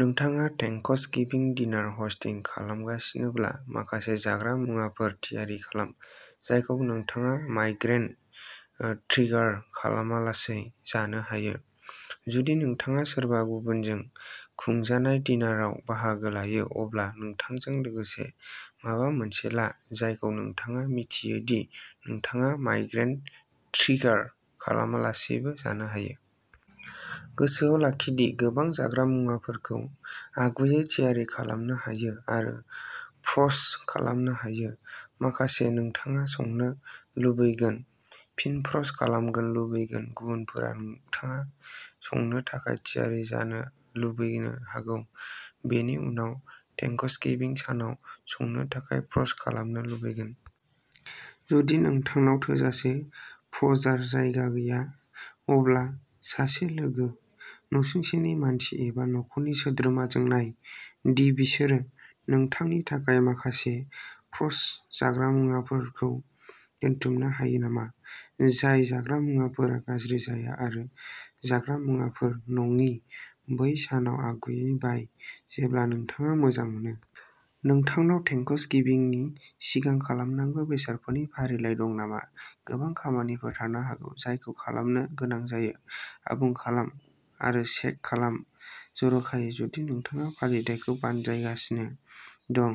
नोंथाङा Thanksgiving dinner hosting खालामगासिनोब्ला माखासे जाग्रा मुवाफोर थियारि खालाम, जायखौ नोंथाङा माइग्रेन ट्रिगार खालामालासै जानो हायो। जुदि नोंथाङा सोरबा गुबुनजों खुंजानाय डिनारआव बाहागो लायो, अब्ला नोंथांजों लोगोसे माबा मोनसे ला, जायखौ नोंथाङा मिथियो दि नोंथाङा माइग्रेन ट्रिगार खालामालासैबो जानो हायो। गोसोआव लाखि दि गोबां जाग्रा मुवाफोरखौ आगुयै थियारि खालामनो हायो आरो फ्र'ज खालामनो हायो। माखासे, नोंथाङा संनो लुबैगोन, फिन फ्र'ज खालामनो लुबैगोन, गुबुनफोरा नोंथाङा संनो थाखाय थियारि जानो लुबैनो हागौ, बेनि उनाव थेंक्सगिविं सानाव संनो थाखाय फ्र'ज खालामनो लुबैगोन। जुदि नोंथांनाव थोजासे फ्र'जार जायगा गैया अब्ला सासे लोगो, नसुंसेनि मानसि एबा नखरनि सोद्रोमाजों नाय दि बिसोरो नोंथांनि थाखाय माखासे फ्र'ज जाग्रा मुवाफोरखौ दोनथुमनो हायो नामा। जाय जाग्रा मुवाफोरा गाज्रि जाया आरो जाग्रा मुवाफोर नङि, बै सानाव आगुयै बाय, जेब्ला नोंथाङा मोजां मोनो। नोंथांनाव थेंक्सगिविंनि सिगां खालामनांगौ बेसादफोरनि फारिलाइ दं नामा? गोबां खामानिफोर थानो हागौ, जायखौ खालामनो गोनां जायो। आबुं खालाम आरो चेक आफ खालाम, जर'खायै जुदि नोंथाङा फालिथायखौ बानजायगासिनो दं।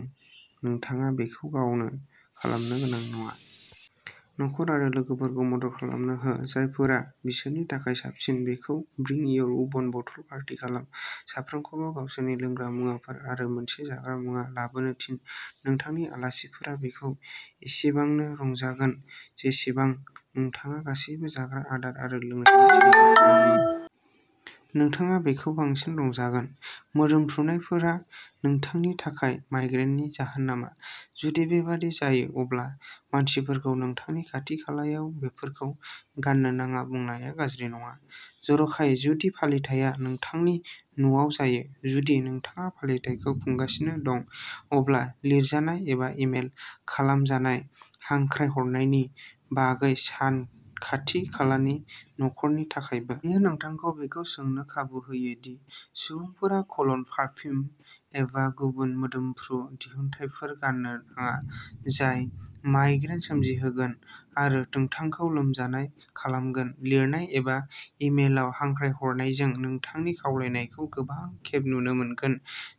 नोंथाङा बेखौ गावनो खालामनो गोनां नङा। नखर आरो लोगोफोरखौ मदद खालामनो हो। जायफोरा बिसोरनि थाखाय साबसिन। बेखौ bring your own bottle party खालाम। साफ्रोमखौबो गावसोरनि लोंग्रा मुवाफोर आरो मोनसे जाग्रा मुवा लाबोनो थिन। नोंथांनि आलासिफोरा बेखौ एसेबांनो रंजागोन जेसेबां नोंथाङा गासैबो जाग्रा आदार आरो लोंनायनि थियारिखौ लायोब्ला। नोंथाङा बेखौ बांसिन रंजागोन। मोदोमफ्रुनायफोरा नोंथांनि थाखाय माइग्रेननि जाहोन नामा? जुदि बेबादि जायो अब्ला मानसिफोरखौ नोंथांनि खाथि खालायाव बेफोरखौ गान्नो नाङा बुंनाया गाज्रि नङा, जर'खायै जुदि फालिथाया नोंथांनि न'आव जायो। जुदि नोंथाङा फालिथायखौ खुंगासिनो दं, अब्ला लिरजानाय एबा इमेल खालामजानाय हांख्रायहरनायनि बागै सान, खाथि-खालानि नखरनि थाखायबो। बेयो नोंथांखौ बेखौ सोंनो खाबु होयो दि सुबुंफोरा कल'न, पारफिउम एबा गुबुन मोदोमफ्रु दिहुनथायफोर गान्नो नाङा जाय माइग्रेन सोमजिहोगोन आरो नोंथांखौ लोमजानाय खालामगोन। लिरनाय एबा इमेलआव हांख्रायहरनायजों नोंथांनि खावलायनायखौ गोबां खेब नुनो मोनगोन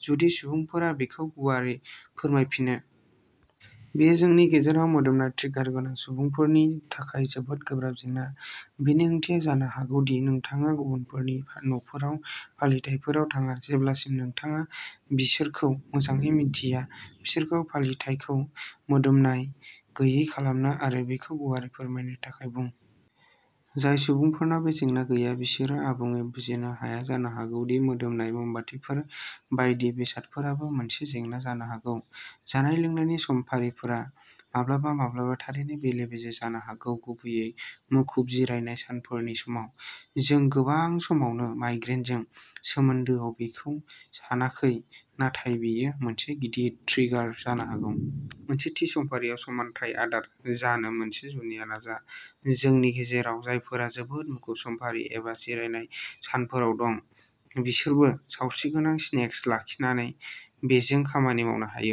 जुदि सुबुंफोरा बेखौ गुवारै फोरमायफिनो। बेयो जोंनि गेजेराव मोदोमनाय ट्रिगार गोनां सुबुंफोरनि थाखाय जोबोद गोब्राब जेंना। बेनि ओंथिया जानो हागौ दि नोंथाङा गुबुनफोरनि न'फोराव फालिथाइफोराव थाङा, जेब्लासिम नोंथाङा बिसोरखौ मोजाङै मिन्थिया, बिसोरखौ फालिथायखौ मोदोमनाय गैयै खालामनो आरो बेखौ गुवारै फोरमायनो थाखाय बुं। जाय सुबुंफोरनाव बे जेंना गैया, बिसोरो आबुङै बुजिनो हाया जानो हागौ दि मोदोमनाय ममबातिफोर बायदि बेसादफोराबो मोनसे जेंना जानो हागौ। जानाय-लोंनायनि समफारिफोरा माब्लाबा-माब्लाबा थारैनो बेले-बेजे जानो हागौ, गुबैयै मुखुब जिरायनाय सानफोरनि समाव। जों गोबां समावनो माइग्रेनजों सोमोन्दोआव बेखौ सानाखै, नाथाय बेयो मोनसे गिदिर ट्रिगार जानो हागौ। मोनसे थि समफारियाव समानथाय आदार जानो मोनसे जुनिया नाजा। जोंनि गेजेराव जायफोरा जोबोद मुखुब समफारि एबा जिरायनाय सानफोराव दं, बिसोरबो सावस्रिगोनां स्नेक्स लाखिनानै बेजों खामानि मावनो हायो।